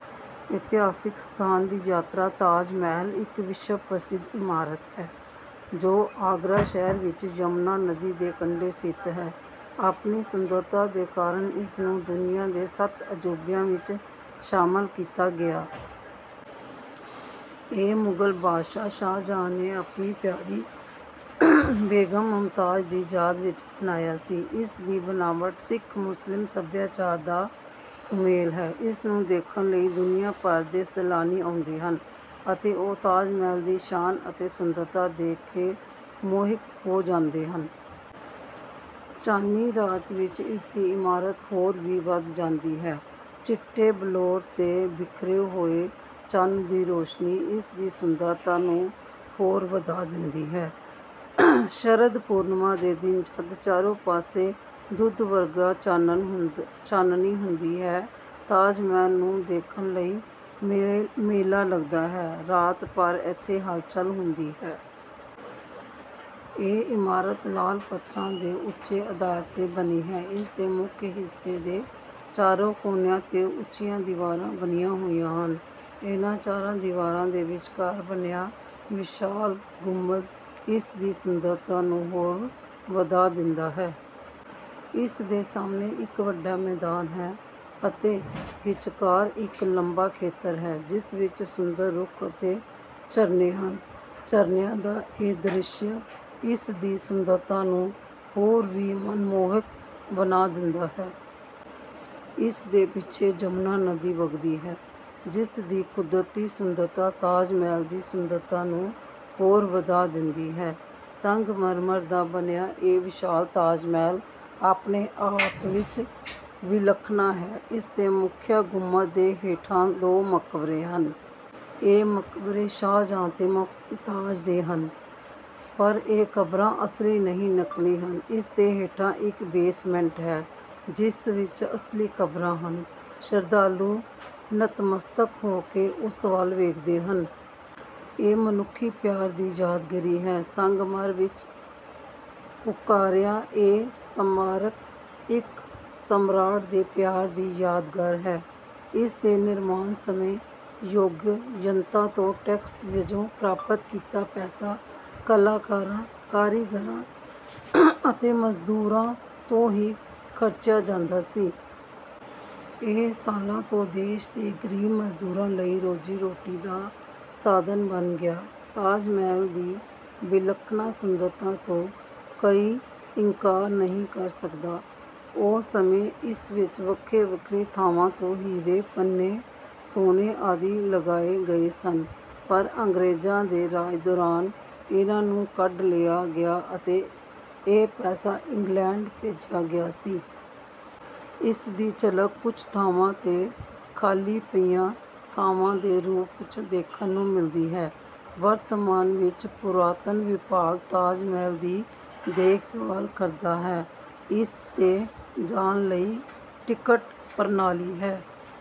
ਇਤਿਹਾਸਕ ਸਥਾਨ ਦੀ ਯਾਤਰਾ ਤਾਜ ਮਹਿਲ ਇੱਕ ਵਿਸ਼ਵ ਪ੍ਰਸਿੱਧ ਇਮਾਰਤ ਹੈ ਜੋ ਆਗਰਾ ਸ਼ਹਿਰ ਵਿੱਚ ਯਮੁਨਾ ਨਦੀ ਦੇ ਕੰਢੇ ਸਥਿਤ ਹੈ। ਆਪਣੀ ਸੁੰਦਰਤਾ ਦੇ ਕਾਰਨ ਇਸਨੂੰ ਦੁਨੀਆ ਦੇ ਸੱਤ ਅਜੂਬਿਆਂ ਵਿੱਚ ਸ਼ਾਮਲ ਕੀਤਾ ਗਿਆ। ਇਹ ਮੁਗਲ ਬਾਦਸ਼ਾਹ ਸ਼ਾਹਜਹਾਂ ਨੇ ਆਪਣੀ ਪਿਆਰੀ ਬੇਗਮ ਮੁਮਤਾਜ਼ ਦੀ ਯਾਦ ਵਿੱਚ ਬਣਵਾਇਆ ਸੀ। ਇਸ ਦੀ ਬਨਾਵਟ ਹਿੰਦੂ-ਮੁਸਲਿਮ ਸੱਭਿਆਚਾਰ ਦਾ ਸੁਮੇਲ ਹੈ। ਇਸ ਨੂੰ ਦੇਖਣ ਲਈ ਦੁਨੀਆ ਭਰ ਤੋਂ ਸੈਲਾਨੀ ਆਉਂਦੇ ਹਨ। ਅਤੇ ਉਹ ਤਾਜ ਮਹਿਲ ਦੀ ਸ਼ਾਨ ਅਤੇ ਸੁੰਦਰਤਾ ਦੇਖ ਕੇ ਮੋਹਿਤ ਹੋ ਜਾਂਦੇ ਹਨ। ਚੰਨੀ ਰਾਤ ਵਿੱਚ ਇਸ ਦੀ ਸੁੰਦਰਤਾ ਹੋਰ ਵੀ ਵੱਧ ਜਾਂਦੀ ਹੈ। ਚਿੱਟੇ ਬਲੌਰ 'ਤੇ ਬਿਖਰੇ ਹੋਏ ਚੰਨ ਦੀ ਰੌਸ਼ਨੀ ਇਸ ਦੀ ਸੁੰਦਰਤਾ ਨੂੰ ਹੋਰ ਵਧਾ ਦਿੰਦੀ ਹੈ। ਸ਼ਰਦ ਪੂਰਨਿਮਾ ਦੇ ਦਿਨ ਜਦੋਂ ਚਾਰੇ ਪਾਸੇ ਦੁੱਧ ਵਾਂਗ ਚਾਂਦਨੀ ਹੁੰਦੀ ਹੈ, ਤਾਜ ਮਹਿਲ ਨੂ ਦੇਖਣ ਲਈ ਮੇਲਾ ਲੱਗਦਾ ਹੈ, ਰਾਤ ਭਰ ਇੱਥੇ ਹਲਚਲ ਹੁੰਦੀ ਹੈ। ਇਹ ਇਮਾਰਤ ਲਾਲ ਪੱਥਰਾਂ ਦੇ ਉੱਚੇ ਅਧਾਰ 'ਤੇ ਬਣੀ ਹੈ। ਇਸ ਦੇ ਮੁੱਖ ਹਿੱਸੇ ਦੇ ਚਾਰੇ ਕੋਨਿਆਂ 'ਤੇ ਉੱਚੀਆਂ ਦੀਵਾਰਾਂ ਬਣੀਆਂ ਹੋਈਆਂ ਹਨ। ਇਨ੍ਹਾਂ ਚਾਰਾਂ ਦੀਵਾਰਾਂ ਦੇ ਵਿਚਕਾਰ ਬਣਿਆ ਵਿਸ਼ਾਲ ਗੁੰਬਦ ਇਸ ਦੀ ਸੁੰਦਰਤਾ ਨੂੰ ਹੋਰ ਵਧਾ ਦਿੰਦਾ ਹੈ। ਇਸ ਦੇ ਸਾਹਮਣੇ ਇੱਕ ਵੱਡਾ ਮੈਦਾਨ ਹੈ। ਅਤੇ ਵਿਚਕਾਰ ਇੱਕ ਲੰਮਾ ਖੇਤਰ ਹੈ, ਜਿਸ ਵਿੱਚ ਸੁੰਦਰ ਰੁੱਖ ਅਤੇ ਝਰਨੇ ਹਨ। ਝਰਨੇ ਦਾ ਇਹ ਦ੍ਰਿਸ਼ ਇਸ ਦੀ ਸੁੰਦਰਤਾ ਨੂੰ ਹੋਰ ਵੀ ਮਨਮੋਹਕ ਬਣਾ ਦਿੰਦਾ ਹੈ। ਇਸ ਦੇ ਪਿੱਛੇ ਯਮੁਨਾ ਨਦੀ ਵਗਦੀ ਹੈ, ਜਿਸ ਦੀ ਕੁਦਰਤੀ ਸੁੰਦਰਤਾ ਤਾਜ ਮਹਿਲ ਦੀ ਸੁੰਦਰਤਾ ਨੂੰ ਹੋਰ ਵਧਾ ਦਿੰਦੀ ਹੈ। ਸੰਗਮਰਮਰ ਦਾ ਬਣਿਆ ਇਹ ਵਿਸ਼ਾਲ ਤਾਜ ਮਹਿਲ ਆਪਣੇ ਆਪ ਵਿੱਚ ਵਿਲੱਖਣ ਹੈ। ਇਸ ਦੇ ਮੁੱਖ ਗੁੰਬਦ ਦੇ ਹੇਠਾਂ ਦੋ ਮਕਬਰੇ ਹਨ। ਇਹ ਮਕਬਰੇ ਸ਼ਾਹਜਹਾਂ ਅਤੇ ਮੁਮਤਾਜ਼ ਦੇ ਹਨ। ਪਰ ਇਹ ਕਬਰਾਂ ਅਸਲੀ ਨਹੀਂ, ਨਕਲੀ ਹਨ। ਇਸ ਦੇ ਹੇਠਾਂ ਇੱਕ ਬੇਸਮੈਂਟ ਹੈ, ਜਿਸ ਵਿੱਚ ਅਸਲੀ ਕਬਰਾਂ ਹਨ। ਸ਼ਰਧਾਲੂ ਨਤਮਸਤਕ ਹੋ ਕੇ ਉਸ ਵੱਲ ਵੇਖਦੇ ਹਨ। ਇਹ ਮਨੁੱਖੀ ਪਿਆਰ ਦੀ ਯਾਦਗਾਰ ਹੈ। ਸੰਗਮਰਮਰ ਵਿੱਚ ਉੱਕਰਿਆ, ਇਹ ਸਮਾਰਕ ਇੱਕ ਸਮਰਾਟ ਦੇ ਪਿਆਰ ਦੀ ਯਾਦਗਾਰ ਹੈ। ਇਸ ਦੇ ਨਿਰਮਾਣ ਸਮੇਂ, ਯੋਗ ਜਨਤਾ ਤੋਂ ਟੈਕਸ ਵਜੋਂ ਪ੍ਰਾਪਤ ਕੀਤਾ ਪੈਸਾ ਕਲਾਕਾਰਾਂ, ਕਾਰੀਗਰਾਂ ਅਤੇ ਮਜ਼ਦੂਰਾਂ 'ਤੇ ਹੀ ਖਰਚਿਆ ਜਾਂਦਾ ਸੀ। ਇਹ ਸਾਲਾਂ ਤੋਂ ਦੇਸ਼ ਦੇ ਗਰੀਬ ਮਜ਼ਦੂਰਾਂ ਲਈ ਰੋਜ਼ੀ-ਰੋਟੀ ਦਾ ਸਾਧਨ ਬਣ ਗਿਆ। ਤਾਜ ਮਹਿਲ ਦੀ ਵਿਲੱਖਣ ਸੁੰਦਰਤਾ ਤੋਂ ਕੋਈ ਇਨਕਾਰ ਨਹੀਂ ਕਰ ਸਕਦਾ। ਉਸ ਸਮੇਂ ਇਸ ਵਿਚ ਵੱਖ-ਵੱਖ ਥਾਵਾਂ 'ਤੇ ਹੀਰੇ, ਪੰਨੇ, ਸੋਨਾ ਆਦਿ ਲਗਾਏ ਗਏ ਸਨ ਪਰ ਅੰਗਰੇਜ਼ਾਂ ਦੇ ਰਾਜ ਦੌਰਾਨ ਇਨ੍ਹਾਂ ਨੂੰ ਕੱਢ ਲਿਆ ਗਿਆ ਅਤੇ ਇਹ ਪੈਸਾ ਇੰਗਲੈਂਡ ਭੇਜਿਆ ਗਿਆ ਸੀ। ਇਸ ਦੀ ਝਲਕ ਕੁਝ ਥਾਵਾਂ 'ਤੇ ਖਾਲੀ ਪਈਆਂ ਥਾਵਾਂ ਦੇ ਰੂਪ 'ਚ ਦੇਖਣ ਨੂੰ ਮਿਲਦੀ ਹੈ। ਵਰਤਮਾਨ ਵਿੱਚ, ਪੁਰਾਤੱਤਵ ਵਿਭਾਗ ਤਾਜ ਮਹਿਲ ਦੀ ਦੇਖ-ਰੇਖ ਕਰਦਾ ਹੈ। ਇਸ 'ਤੇ ਜਾਣ ਲਈ ਟਿਕਟ ਪ੍ਰਣਾਲੀ ਹੈ।